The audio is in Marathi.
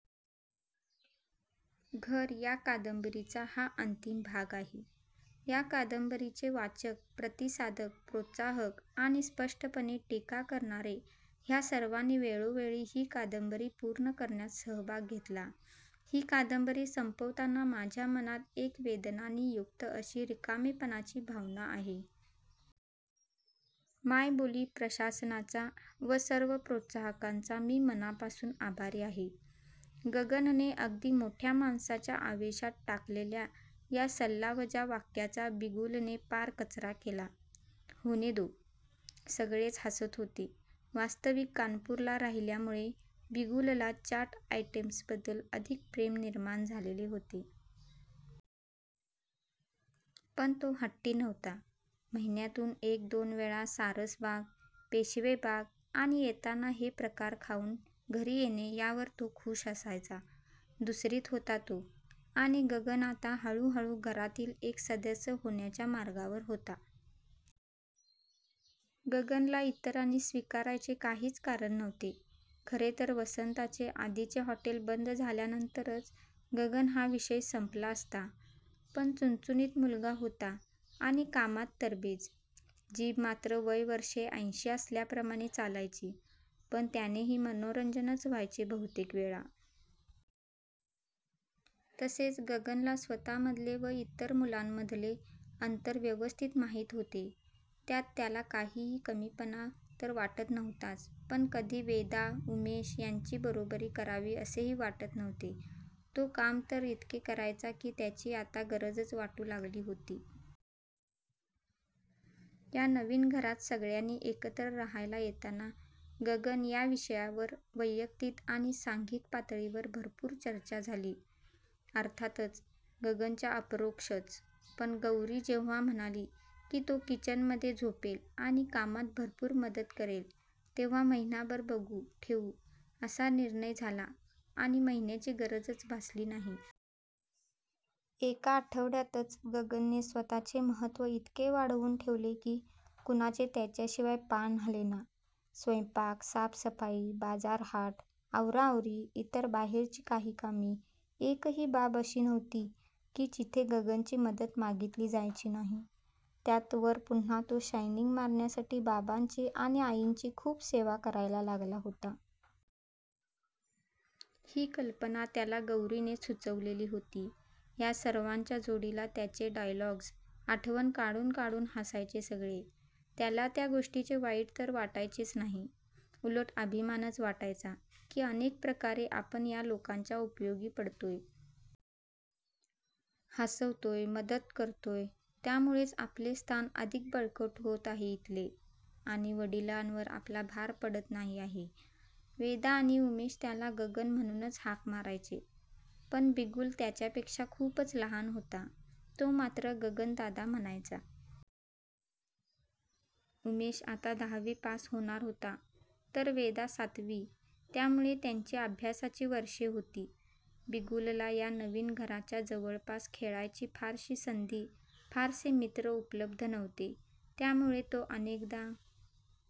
घर या कादंबरीचा हा अंतिम भाग आहे. या कादंबरीचे वाचक, प्रतिसादक, प्रोत्साहक आणि स्पष्टपणे टीका करणारे ह्या सर्वांनी वेळोवेळी ही कादंबरी पूर्ण करण्यात सहभाग घेतला. ही कादंबरी संपवताना माझ्या मनात एक वेदनांनी युक्त अशी रिकामेपणाची भावना आहे. मायबोली प्रशासनाचा व सर्व प्रोत्साहकांचा मी मनापासून आभारी आहे. गगनने अगदी मोठ्या माणसाच्या आवेशात टाकलेल्या या सल्लावजा वाक्याचा बिगुलने पार कचरा केला. होने दो! सगळेच हासत होते. वास्तविक कानपूरला राहिल्यामुळे बिगुलला चाट आयटेम्सबद्दल अधिक प्रेम निर्माण झालेले होते. पण तो हट्टी नव्हता. महिन्यातून एक दोन वेळा सारसबाग, पेशवेबाग आणि येताना हे प्रकार खाऊन घरी येणे यावर तो खुष असायचा. दुसरीत होता तो आणि गगन आता हळूहळू घरातील एक सदस्य होण्याच्या मार्गावर होता. गगनला इतरांनी स्वीकारायचे काहीच कारण नव्हते. खरे तर वसंताचे आधीचे हॉटेल बंद झाल्यानंतरच गगन हा विषय संपला असता. पण चुणचुणीत मुलगा होता आणि कामात तरबेज! जीभ मात्र वय वर्षे ऐंशी असल्याप्रमाणे चालायची. पण त्यानेही मनोरंजनच व्हायचे बहुतेकवेळा! तसेच, गगनला स्वतःमधले व इतर मुलांमधले अंतर व्यवस्थित माहीत होते. त्यात त्याला काहीही कमीपणा तर वाटत नव्हताच पण कधी वेदा, उमेश यांची बरोबरी करावी असेही वाटत नव्हते. तो काम तर इतके करायचा की त्याची आता गरजच वाटू लागली होती. या नवीन घरात सगळ्यांनी एकत्र राहायला येताना 'गगन' या विषयावर वैयक्तीक आणि सांघिक पातळीवर भरपूर चर्चा झाली. अर्थातच, गगनच्या अपरोक्षच! पण गौरी जेव्हा म्हणाली की तो किचनमध्ये झोपेल आणि कामात भरपूर मदत करेल तेव्हा 'महिनाभर बघू ठेवू' असा निर्णय झाला आणि महिन्याची गरजच भासली नाही. एका आठवड्यातच गगनने स्वतःचे महत्व इतके वाढवून ठेवले की कुणाचे त्याच्याशिवाय पान हालेना! स्वयंपाक, साफसफाई, बाजारहाट, आवराआवरी, इतर बाहेरची काही कामे, एकही बाब अशी नव्हती की जिथे गगनची मदत मागीतली जायची नाही. त्यात वर पुन्हा तो शायनिंग मारण्यासाठी बाबांची आणि आईंची खूप सेवा करायला लागला होता. ही कल्पना त्याला गौरीनेच सुचवलेली होती. या सर्वांच्या जोडीला त्याचे डायलॉग्ज आठवण काढून काढून हसायचे सगळे त्याला त्या गोष्टीचे वाईट तर वाटायचेच नाही, उलट अभिमानच वाटायचा की अनेक प्रकारे आपण या लोकांच्या उपयोगी पडतोय. हासवतोय, मदत करतोय! त्यामुळेच आपले स्थान अधिक बळकट होत आहे इथले आणि वडिलांवर आपला भार पडत नाही आहे. वेदा आणि उमेश त्याला गगन म्हणूनच हाक मारायचे. पण बिगुल त्याच्यापेक्षा खूपच लहान होता. तो मात्र गगनदादा म्हणायचा. उमेश आता दहावी पास होणार होता तर वेदा सातवी त्यामुळे त्यांची अभ्यासाची वर्षे होती. बिगुलला या नवीन घराच्या जवळपास खेळायची फारशी संधी, फारसे मित्र उपलब्ध नव्हते. त्यामुळे तो अनेकदा